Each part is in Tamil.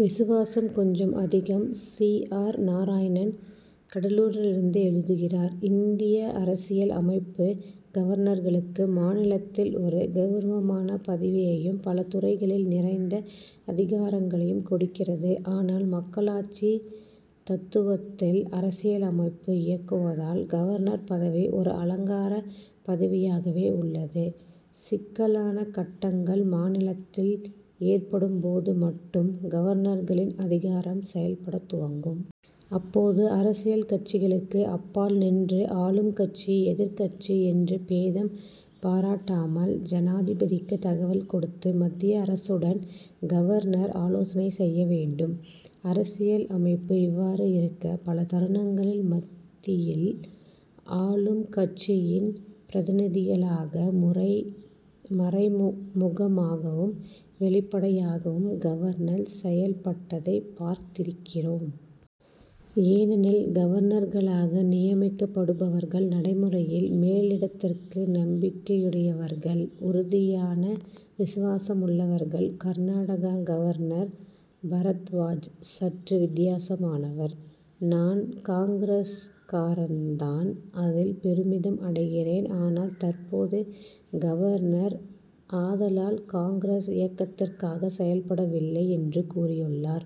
விசுவாசம் கொஞ்சம் அதிகம்! சி. ஆர். நாராயணன், கடலூரிலிருந்து எழுதுகிறார்: இந்திய அரசியல் அமைப்பு, கவர்னர்களுக்கு மாநிலத்தில் ஒரு கவுரவமான பதவியையும், பல துறைகளில் நிறைந்த அதிகாரங்களையும் கொடுக்கிறது. ஆனால், மக்களாட்சி தத்துவத்தில் அரசியலமைப்பு இயங்குவதால், கவர்னர் பதவி ஒரு அலங்காரப் பதவியாகவே உள்ளது. சிக்கலான கட்டங்கள் மாநிலத்தில் ஏற்படும் போது மட்டும், கவர்னர்களின் அதிகாரம் செயல்படத் துவங்கும். அப்போது, அரசியல் கட்சிகளுக்கு அப்பால் நின்று ஆளும் கட்சி, எதிர்க்கட்சி என்று பேதம் பாராட்டாமல், ஜனாதிபதிக்கு தகவல் கொடுத்து, மத்திய அரசுடனும், கவர்னர் ஆலோசனை செய்ய வேண்டும். அரசியல் அமைப்பு இவ்வாறு இருக்க, பல தருணங்களில் மத்தியில் ஆளும் கட்சியின் பிரதிநிதிகளாக, மறைமுகமாகவும், வெளிப்படையாகவும் கவர்னர் செயல்பட்டதை பார்த்திருக்கிறோம். ஏனெனில், கவர்னர்களாக நியமிக்கப்படுபவர்கள், நடைமுறையில் மேலிடத்திற்கு நம்பிக்கையுடையவர்கள்; உறுதியான விசுவாசமுள்ளவர்கள். கர்நாடக கவர்னர் பரத்வாஜ் சற்று வித்தியாசமானவர். "நான் காங்கிரஸ்காரன் தான்; அதில் பெருமிதம் அடைகிறேன். ஆனால், தற்போது கவர்னர். ஆதலால், காங்கிரஸ் இயக்கத்திற்காக செயல்படவில்லை' என்று கூறியுள்ளார்.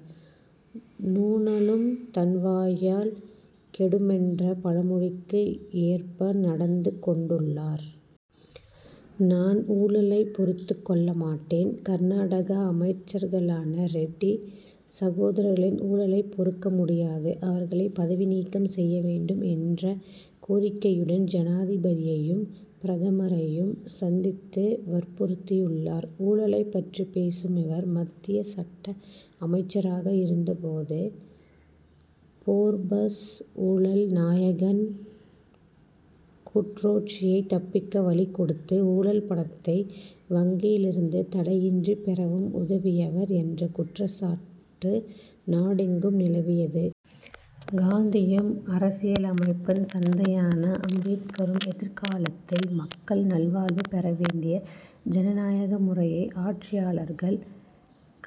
நுணலும் தன் வாயால் கெடுமென்ற பழமொழிக்கு ஏற்ப நடந்து கொண்டுள்ளார். "நான் ஊழலை பொறுத்துக் கொள்ள மாட்டேன். கர்நாடக அமைச்சர்களான ரெட்டிச் சகோதரர்களின் ஊழலை பொறுக்க முடியாது. அவர்களை பதவி நீக்கம் செய்ய வேண்டும்' என்ற கோரிக்கையுடன், ஜனாதிபதியையும், பிரதமரையும் சந்தித்து வற்புறுத்தியுள்ளார். ஊழலைப் பற்றி பேசும் இவர், மத்திய சட்ட அமைச்சராக இருந்த போது, போபர்ஸ் ஊழல் நாயகன் குட்ரோச்சியை தப்பிக்க வழி கொடுத்து, ஊழல் பணத்தை வங்கியிலிருந்து தடையின்றி பெறவும் உதவியவர் என்ற குற்றச்சாட்டு நாடெங்கும் நிலவியது. காந்தியும், அரசியலமைப்பின் தந்தையான அம்பேத்கரும், எதிர்காலத்தில் மக்கள் நல்வாழ்வு பெற வேண்டிய ஜனநாயக முறையை ஆட்சியாளர்கள்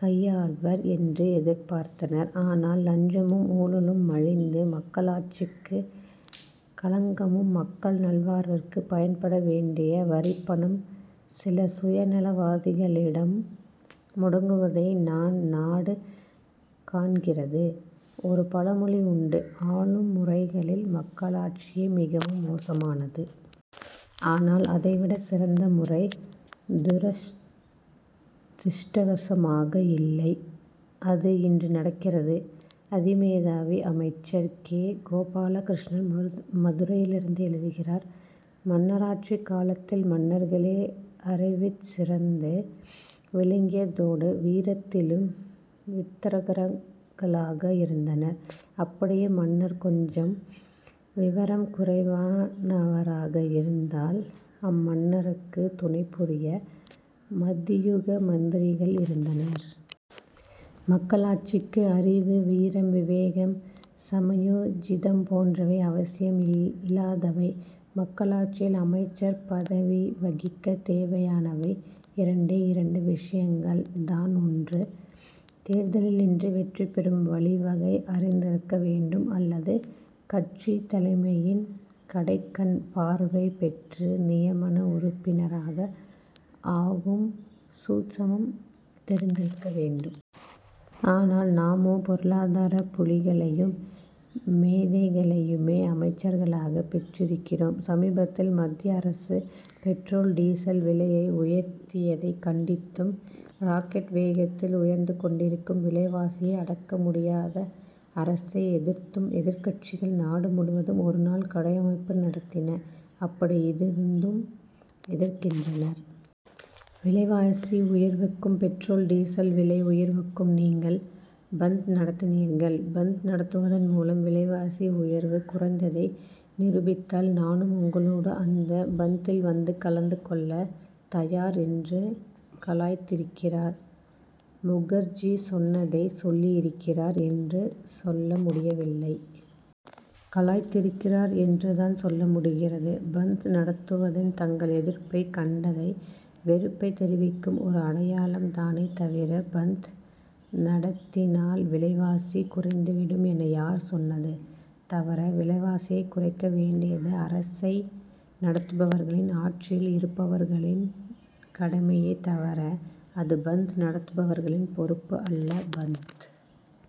கையாள்வர் என்று எதிர்பார்த்தனர். ஆனால், லஞ்சமும், ஊழலும் மலிந்து, மக்களாட்சிக்கு களங்கமும், மக்கள் நல்வாழ்விற்கு பயன்பட வேண்டிய வரிப்பணம், சில சுயநலவாதிகளிடம் முடங்குவதை தான் நாடு காண்கிறது. ஒரு பழமொழி உண்டுஆளும் முறைகளில், "மக்களாட்சியே மிகவும் மோசமானது. ஆனால், அதை விட சிறந்த முறை துரதிர்ஷ்டவசமாக இல்லை! ' அது இன்று நடக்கிறது. "அதிமேதாவி' அமைச்சர்! கே. கோபாலகிருஷ்ணன், மதுரையிலிருந்து எழுதுகிறார்: மன்னராட்சி காலத்தில், மன்னர்களே அறிவிற்சிறந்து விளங்கியதோடு, வீரத்திலும் வித்தகர்களாக இருந்தனர். அப்படியே மன்னர் கொஞ்சம் விவரம் குறைவானவராக இருந்தால், அம்மன்னருக்குத் துணை புரிய, "மதியூக' மந்திரிகள் இருந்தனர். மக்களாட்சிக்கு அறிவு, வீரம், விவேகம், சமயோஜிதம் போன்றவை அவசியம் இல்லாதவை. மக்களாட்சியில் அமைச்சர் பதவி வகிக்க தேவையானவை, இரண்டே இரண்டு விஷயங்கள் தான்ஒன்று, தேர்தலில் நின்று வெற்றி பெறும் வழிவகை அறிந்திருக்க வேண்டும் அல்லது கட்சித் தலைமையின், "கடைக்கண்' பார்வை பெற்று நியமன உறுப்பினராக ஆகும் சூட்சமம் தெரிந்திருக்க வேண்டும். ஆனால், நாமோ, பொருளாதாரப் புலிகளையும், மேதைகளையுமே அமைச்சர்களாகப் பெற்றிருக்கிறோம். சமீபத்தில் மத்திய அரசு, பெட்ரோல், டீசல் விலையை உயர்த்தியதைக் கண்டித்தும், ராக்கெட் வேகத்தில் உயர்ந்து கொண்டிருக்கும் விலைவாசியை அடக்க முடியாத அரசை எதிர்த்தும், எதிர்க்கட்சிகள், நாடு முழுவதும் ஒருநாள் கடையடைப்பு நடத்தின. அப்படி இருந்தும் எதிர்க்கின்றனர். விலைவாசி உயர்வுக்கும், பெட்ரோல், டீசல் விலை உயர்வுக்கும் நீங்கள் "பந்த்' நடத்தினீர்கள். பந்த் நடத்துவதன் மூலம் விலைவாசி உயர்வு குறைந்ததை நிரூபித்தால், நானும் உங்களோடு அந்த, "பந்த்'தில் வந்து கலந்து கொள்ளத் தயார் என்று கலாய்த்திருக்கிறார். முகர்ஜி சொன்னதை, "சொல்லி இருக்கிறார்' என்று சொல்ல முடியவில்லை. "கலாய்த்திருக்கிறார்' என்றுதான் சொல்ல முடிகிறது. "பந்த்' நடத்துவது, தங்கள் எதிர்ப்பை, கண்டனத்தை, வெறுப்பைத் தெரிவிக்கும் ஒரு அடையாளம் தானே தவிர, "பந்த்' நடத்தினால், விலைவாசி குறைந்துவிடும் என யார் சொன்னது? தவிர, விலைவாசியைக் குறைக்க வேண்டியது, அரசை நடத்துபவர்களின், ஆட்சியில் இருப்பவர்களின் கடமையே தவிர, அது "பந்த்' நடத்துபவர்களின் பொறுப்பு அல்ல. "பந்த்'